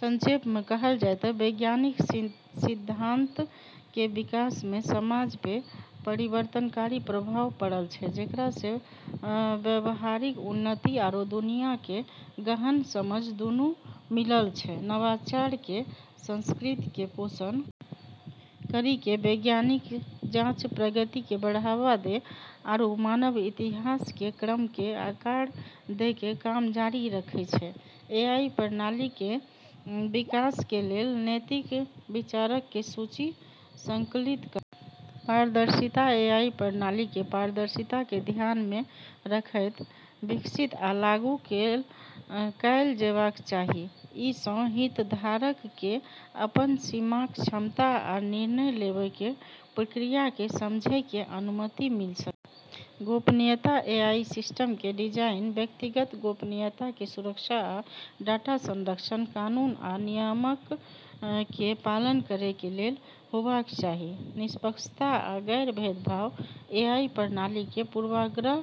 संक्षेप में कहलऽ जाय ते वैज्ञानिक सिद्धांतऽ के विकास से समाज पे परिवर्तनकारी प्रभाव पड़लऽ छै जेकरा से व्यावहारिक उन्नति आरू दुनिया केरऽ गहन समझ दूनू मिललऽ छै, नवाचार के संस्कृति के पोषण करी के वैज्ञानिक जांच प्रगति के बढ़ावा दै आरू मानव इतिहास केरऽ क्रम के आकार दै के काम जारी रखै छै, एआई प्रणाली कें विकास कें लेल नैतिक विचारक कें सूची संकलित करनाय, पारदर्शिता एआई प्रणाली कें पारदर्शिता कें ध्यान मे रखयत विकसित आ लागू कैल जेबाक चाही, जइ सं हितधारक कें अपन सीमाक, क्षमता आ निर्णय लेवय कें प्रक्रिया कें समझय कें अनुमति मिल सकय, गोपनीयता एआई सिस्टम कें डिजाइन व्यक्तिगत गोपनीयता कें सुरक्षा आ डाटा संरक्षण कानून आ नियमक कें पालन करय कें लेल होबाक चाही, निष्पक्षता आ गैर-भेदभाव एआई प्रणाली कें पूर्वाग्रह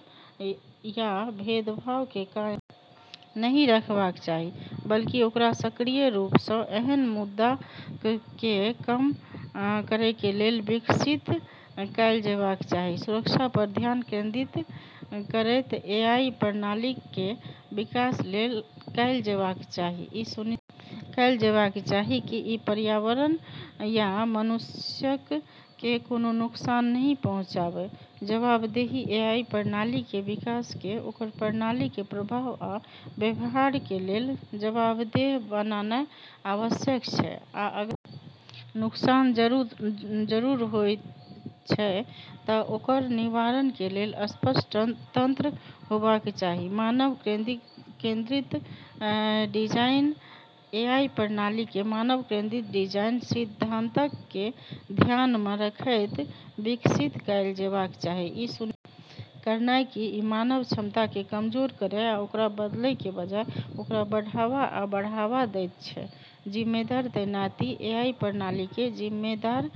या भेदभाव कें कायम नहि रखबाक चाही बल्कि ओकरा सक्रिय रूप सं ऐहन मुद्दाक कें कम करय कें लेल विकसित कैल जेबाक चाही, सुरक्षा पर ध्यान केंद्रित करयत एआई प्रणालीक कें विकास कैल जेबाक चाही, इ सुनिश्चित कैल जेबाक चाही की इ पर्यावरण या मनुष्यक कें कोनों नुकसान नहि पहुंचाबय, जवाबदेही एआई प्रणाली कें विकासक कें ओकर प्रणाली कें प्रभाव आ व्यवहार कें लेल जवाबदेह बनानाय आवश्यक छै आ अगर नुकसान जरूर होयत छै त ओकर निवारण कें लेल स्पष्ट तंत्र होबाक चाही, मानव केंद्रित डिजाइन एआई प्रणाली कें मानव केंद्रित डिजाइन सिद्धांतक कें ध्यान मे रखयत विकसित कैल जेबाक चाही, इ सुनिश्चित करनाय की इ मानव क्षमता कें कमजोर करय या ओकरा बदलय कें बजाय ओकरा बढ़ावा आ बढ़ावा देयत छै, जिम्मेदार तैनाती एआई प्रणाली कें जिम्मेदार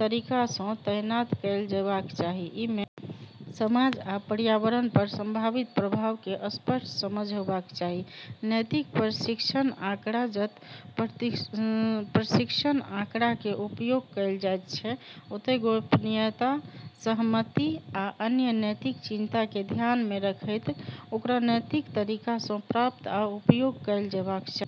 तरीका सं तैनात कैल जेबाक चाही, जइ मे समाज आ पर्यावरण पर संभावित प्रभाव कें स्पष्ट समझ होबाक चाही, नैतिक प्रशिक्षण आंकड़ा जत प्रशिक्षण आंकड़ा कें उपयोग कैल जायत छै ओतय गोपनीयता, सहमति आ अन्य नैतिक चिंता कें ध्यान मे रखयत ओकरा नैतिक तरीका सं प्राप्त आ उपयोग कैल जेबाक चाही।